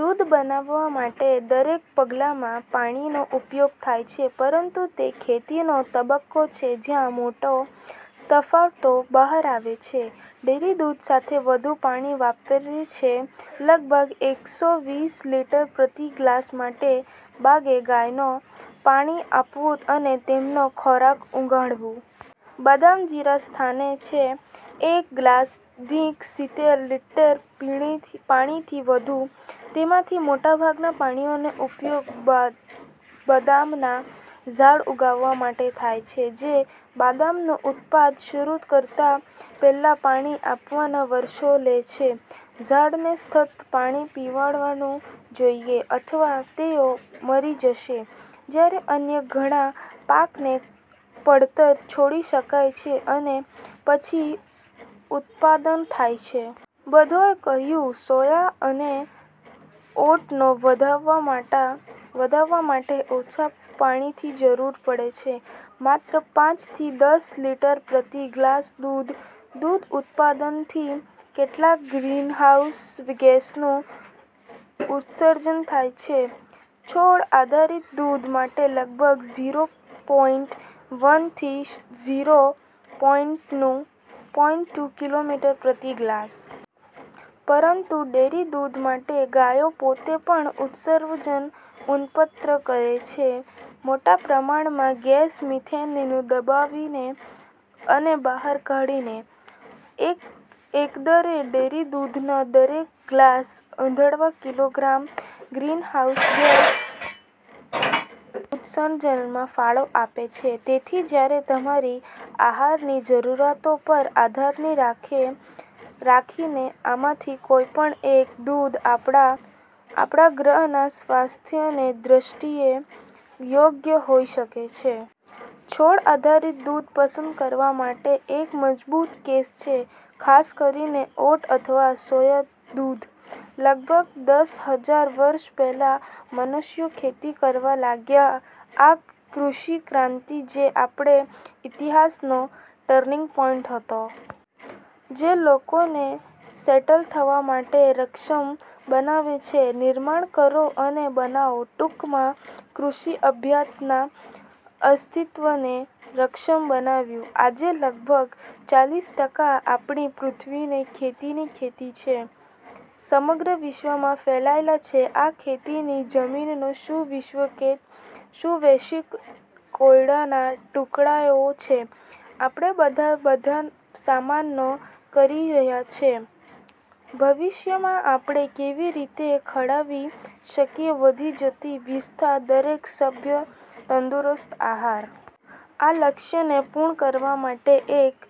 દૂધ બનાવવા માટે દરેક પગલામાં પાણીનો ઉપયોગ થાય છે, પરંતુ તે ખેતીનો તબક્કો છે જ્યાં મોટા તફાવતો બહાર આવે છે. ડેરી દૂધ સૌથી વધુ પાણી વાપરે છે- લગભગ એકસો વીસ લિટર પ્રતિ ગ્લાસ, મોટે ભાગે ગાયોને પાણી આપવું અને તેમનો ખોરાક ઉગાડવો. બદામ બીજા સ્થાને છે, એક ગ્લાસ દીઠ સિત્તેર લિટર પાણીથી વધુ. તેમાંથી મોટાભાગના પાણીનો ઉપયોગ બદામના ઝાડ ઉગાડવા માટે થાય છે. જે બદામનું ઉત્પાદન શરૂ કરતા પહેલા પાણી આપવાના વર્ષો લે છે. ઝાડને સતત પાણી પીવડાવવું જોઈએ, અથવા તેઓ મરી જશે, જ્યારે અન્ય ઘણા પાકને પડતર છોડી શકાય છે અને પછી પણ ઉત્પાદન થાય છે. બધાએ કહ્યું, સોયા અને ઓટને વધવા માટે ઓછા પાણીની જરૂર પડે છે: માત્ર પાંચ થી દસ લિટર પ્રતિ ગ્લાસ દૂધ. દૂધ ઉત્પાદનથી કેટલાક ગ્રીનહાઉસ ગેસનું ઉત્સર્જન થાય છે- છોડ આધારિત દૂધ માટે લગભગ ઝીરો પોઈન્ટ વન થી ઝીરો પોઈન્ટ ટુ કિલોગ્રામ પ્રતિ ગ્લાસ. પરંતુ ડેરી દૂધ માટે, ગાયો પોતે પણ ઉત્સર્જન ઉત્પન્ન કરે છે મોટા પ્રમાણમાં ગેસ મિથેનને દબાવીને અને બહાર કાઢીને. એકંદરે, ડેરી દૂધનો દરેક ગ્લાસ અડધા કિલોગ્રામ ગ્રીનહાઉસ ગેસ ઉત્સર્જનમાં ફાળો આપે છે. તેથી જ્યારે તમારી આહારની જરૂરિયાતો પર આધાર રાખીને, આમાંથી કોઈપણ એક દૂધ આપણા ગ્રહના સ્વાસ્થ્યની દ્રષ્ટિએ યોગ્ય હોઈ શકે છે. છોડ આધારિત દૂધ પસંદ કરવા માટે એક મજબૂત કેસ છે, ખાસ કરીને ઓટ અથવા સોયા દૂધ. લગભગ દસ હજાર વર્ષ પહેલાં, મનુષ્યો ખેતી કરવા લાગ્યા. આ કૃષિ ક્રાંતિ જે આપણા ઇતિહાસનો ટર્નિંગ પોઇન્ટ હતો. જે લોકોને સેટલ થવા માટે સક્ષમ બનાવે છે, નિર્માણ કરો અને બનાવો. ટૂંકમાં, કૃષિ સભ્યતાના અસ્તિત્વને સક્ષમ બનાવ્યું. આજે, લગભગ ચાલીસ ટકા આપણી પૃથ્વીની ખેતીની ખેતી છે. સમગ્ર વિશ્વમાં ફેલાયેલો છે. આ ખેતીની જમીનો શું વૈશ્વિક કોયડાના ટુકડાઓ છે આપણે બધા સામનો કરી રહ્યા છીએ: ભવિષ્યમાં, આપણે કેવી રીતે ખવડાવી શકીએ વધતી જતી વસ્તીના દરેક સભ્ય તંદુરસ્ત આહાર? આ લક્ષ્યને પૂર્ણ કરવા માટે એક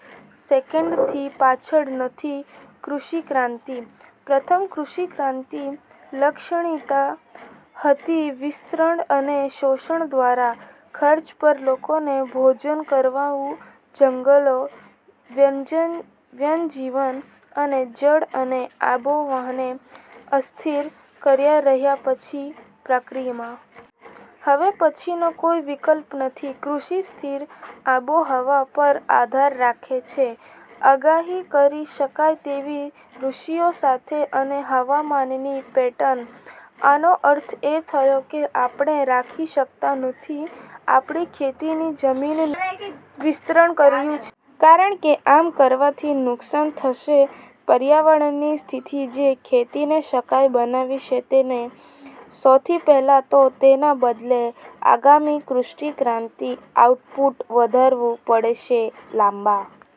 સેકન્ડથી પાછળ નથી કૃષિ ક્રાંતિ. પ્રથમ કૃષિ ક્રાંતિ લાક્ષણિકતા હતી વિસ્તરણ અને શોષણ દ્વારા, ખર્ચ પર લોકોને ભોજન કરાવવું જંગલો, વન્યજીવન અને જળ અને આબોહવાને અસ્થિર કરી રહ્યા છે પ્રક્રિયામાં. હવે પછીનો કોઈ વિકલ્પ નથી. કૃષિ સ્થિર આબોહવા પર આધાર રાખે છે. આગાહી કરી શકાય તેવી ઋતુઓ સાથે અને હવામાનની પેટર્ન. આનો અર્થ એ થયો કે આપણે રાખી શકતા નથી આપણી ખેતીની જમીનોનું વિસ્તરણ કર્યું છે. કારણ કે આમ કરવાથી નુકસાન થશે પર્યાવરણની સ્થિતિ જે ખેતીને શક્ય બનાવે છે તેને, સૌથી પહેલાં તો. તેના બદલે, આગામી કૃષિ ક્રાંતિ આઉટપુટ વધારવું પડશે લાંબા